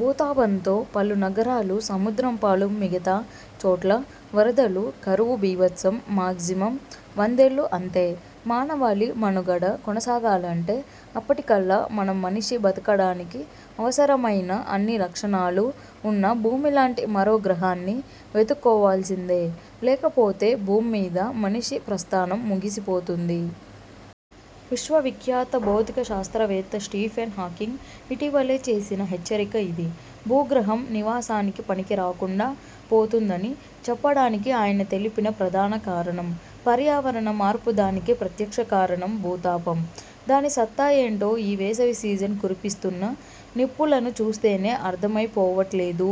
భూతాపంతో పలు నగరాలు సముద్రంపాలు మిగతా చోట్ల వరదలు కరవు బీభత్సం మాగ్జిమం వందేళ్లు అంతే! మానవాళి మనుగడ కొనసాగాలంటే అప్పటికల్లా మనం మనిషి బతకడానికి అవసరమైన అన్ని లక్షణాలూ ఉన్న భూమిలాంటి మరో గ్రహాన్ని వెతుక్కోవాల్సిందే! లేకపోతే భూమ్మీద మనిషి ప్రస్థానం ముగిసిపోతుంది. విశ్వ విఖ్యాత భౌతిక శాస్త్రవేత్త స్టీఫెన్ హాకింగ్ ఇటీవలే చేసిన హెచ్చరిక ఇది. భూగ్రహం నివాసానికి పనికిరాకుండా పోతుందని చెప్పడానికి ఆయన తెలిపిన ప్రధాన కారణం. పర్యావరణ మార్పు దానికి ప్రత్యక్ష కారణం భూతాపం. దాని సత్తా ఏంటో ఈ వేసవి సీజన్ కురిపిస్తున్న నిప్పులను చూస్తేనే అర్థమైపోవట్లేదూ?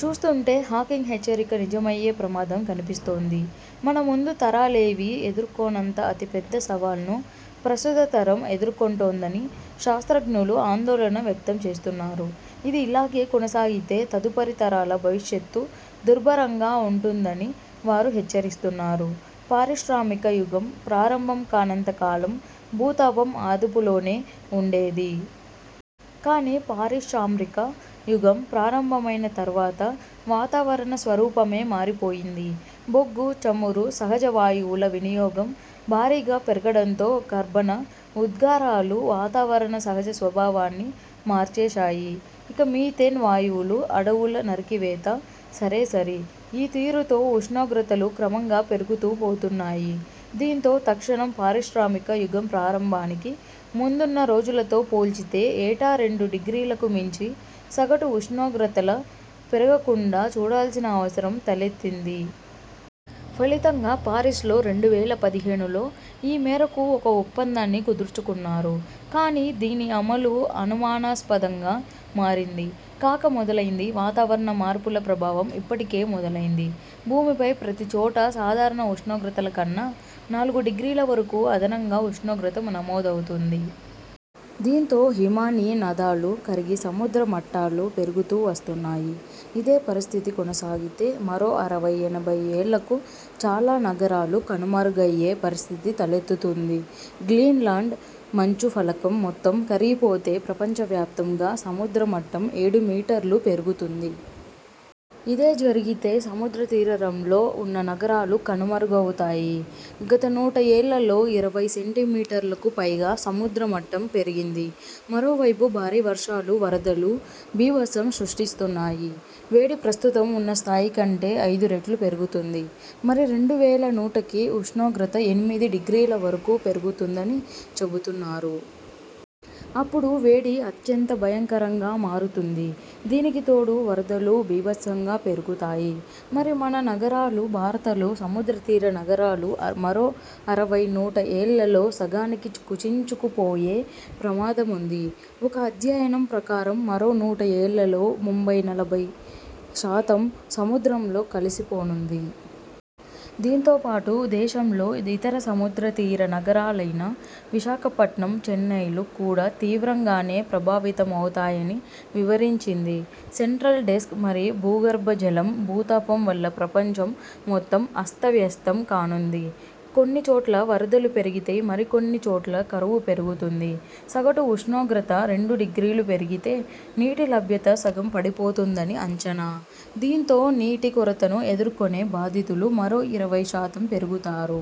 చూస్తుంటే హాకింగ్ హెచ్చరిక నిజమయ్యే ప్రమాదం కనిపిస్తోంది. మన ముందు తరాలేవీ ఎదుర్కోనంత అతిపెద్ద సవాల్ను ప్రస్తుత తరం ఎదుర్కొంటోందని శాస్త్రజ్ఞులు ఆందోళన వ్యక్తం చేస్తున్నారు. ఇది ఇలాగే కొనసాగితే తదుపరి తరాల భవిష్యత్తు దుర్భరంగా ఉంటుందని వారు హెచ్చరిస్తున్నారు. పారిశ్రామిక యుగం ప్రారంభం కానంతకాలం భూతాపం అదుపులోనే ఉండేది. కానీ పారిశామ్రిక యుగం ప్రారంభమైన తర్వాత వాతావరణ స్వరూపమే మారిపోయింది. బొగ్గు, చమురు, సహజవాయువుల వినియోగం భారీగా పెరగడంతో కర్బన ఉద్గారాలు వాతావరణ సహజ స్వభావాన్ని మార్చేశాయి. ఇక మీథేన్ వాయువులు, అడవుల నరికివేత సరేసరి. ఈ తీరుతో ఉష్ణోగ్రతలు క్రమంగా పెరుగుతూ పోతున్నాయి. దీంతో తక్షణం పారిశ్రామిక యుగం ప్రారంభానికి ముందున్న రోజులతో పోల్చితే ఏటా రెండు డిగ్రీలకు మించి సగటు ఉష్ణోగ్రతలు పెరగకుండా చూడాల్సిన అవసరం తలెత్తింది. ఫలితంగా పారిస్ లో రెండు వేల పదిహేనులో ఈ మేరకు ఒక ఒప్పందాన్ని కుదుర్చుకున్నారు. కానీ దీని అమలూ అనుమానాస్పదంగా మారింది. కాక మొదలైంది.! వాతావరణ మార్పుల ప్రభావం ఇప్పటికే మొదలైంది. భూమిపై ప్రతి చోటా సాధారణ ఉష్ణోగ్రతలకన్నా నాలుగు డిగ్రీల వరకు అదనంగా ఉష్ణోగ్రత నమోదవుతోంది. దీంతో హిమానీ నదాలు కరిగి సముద్ర మట్టాలు పెరుగుతూ వస్తున్నాయి. ఇదే పరిస్థితి కొనసాగితే మరో అరవై ఎనభై ఏళ్లకు చాలా నగరాలు కనుమరుగయ్యే పరిస్థితి తలెత్తుతుంది. గ్రీన్లాండ్ మంచు ఫలకం మొత్తం కరిగిపోతే ప్రపంచ వ్యాప్తం గా సముద్ర మట్టం ఏడు మీటర్లు పెరుగుతుంది. ఇదే జరిగితే సముద్ర తీరరంలో ఉన్న నగరాలు కనుమరుగవుతాయి. గత నూట ఏళ్లలో ఇరవై సెంటీమీటర్లకు పైగా సముద్ర మట్టం పెరిగింది. మరోవైపు భారీ వర్షాలు వరదలూ బీభత్సం సృష్టిస్తున్నాయి. వేడి ప్రస్తుతం ఉన్న స్థాయికంటే ఐదు రెట్లు పెరుగుతుంది. మరి రెండు వేల నూటకి ఉష్ణోగ్రత ఎనిమిది డిగ్రీల వరకూ పెరుగుతుందని చెబుతున్నారు. అప్పుడు వేడి అత్యంత భయంకరంగా మారుతుంది. దీనికి తోడు వరదలూ బీభత్సంగా పెరుగుతాయి. మరి మన నగరాలు భారతలో సముద్ర తీర నగరాలు మరో అరవై నూట ఏళ్లలో సగానికి కుచించుకుపోయే ప్రమాదముంది. ఒక అధ్యయనం ప్రకారం మరో నూట ఏళ్లలో ముంబై నలభై శాతం సముద్రంలో కలిసిపోనుంది. దీంతో పాటు దేశంలో ఇతర సముద్ర తీర నగరాలైన విశాఖపట్నం, చెన్నైలు కూడా తీవ్రంగానే ప్రభావితమవుతాయని వివరించింది. సెంట్రల్ డెస్క్ మరి భూగర్భజలం భూతాపం వల్ల ప్రపంచం మొత్తం అస్తవ్యస్తం కానుంది. కొన్ని చోట్ల వరదలు పెరిగితే మరికొన్ని చోట్ల కరువు పెరుగుతుంది. సగటు ఉష్ణోగ్రత రెండు డిగ్రీలు పెరిగితే నీటి లభ్యత సగం పడిపోతుందని అంచనా. దీంతో నీటి కొరతను ఎదుర్కొనే బాధితులు మరో ఇరవై శాతం పెరుగుతారు.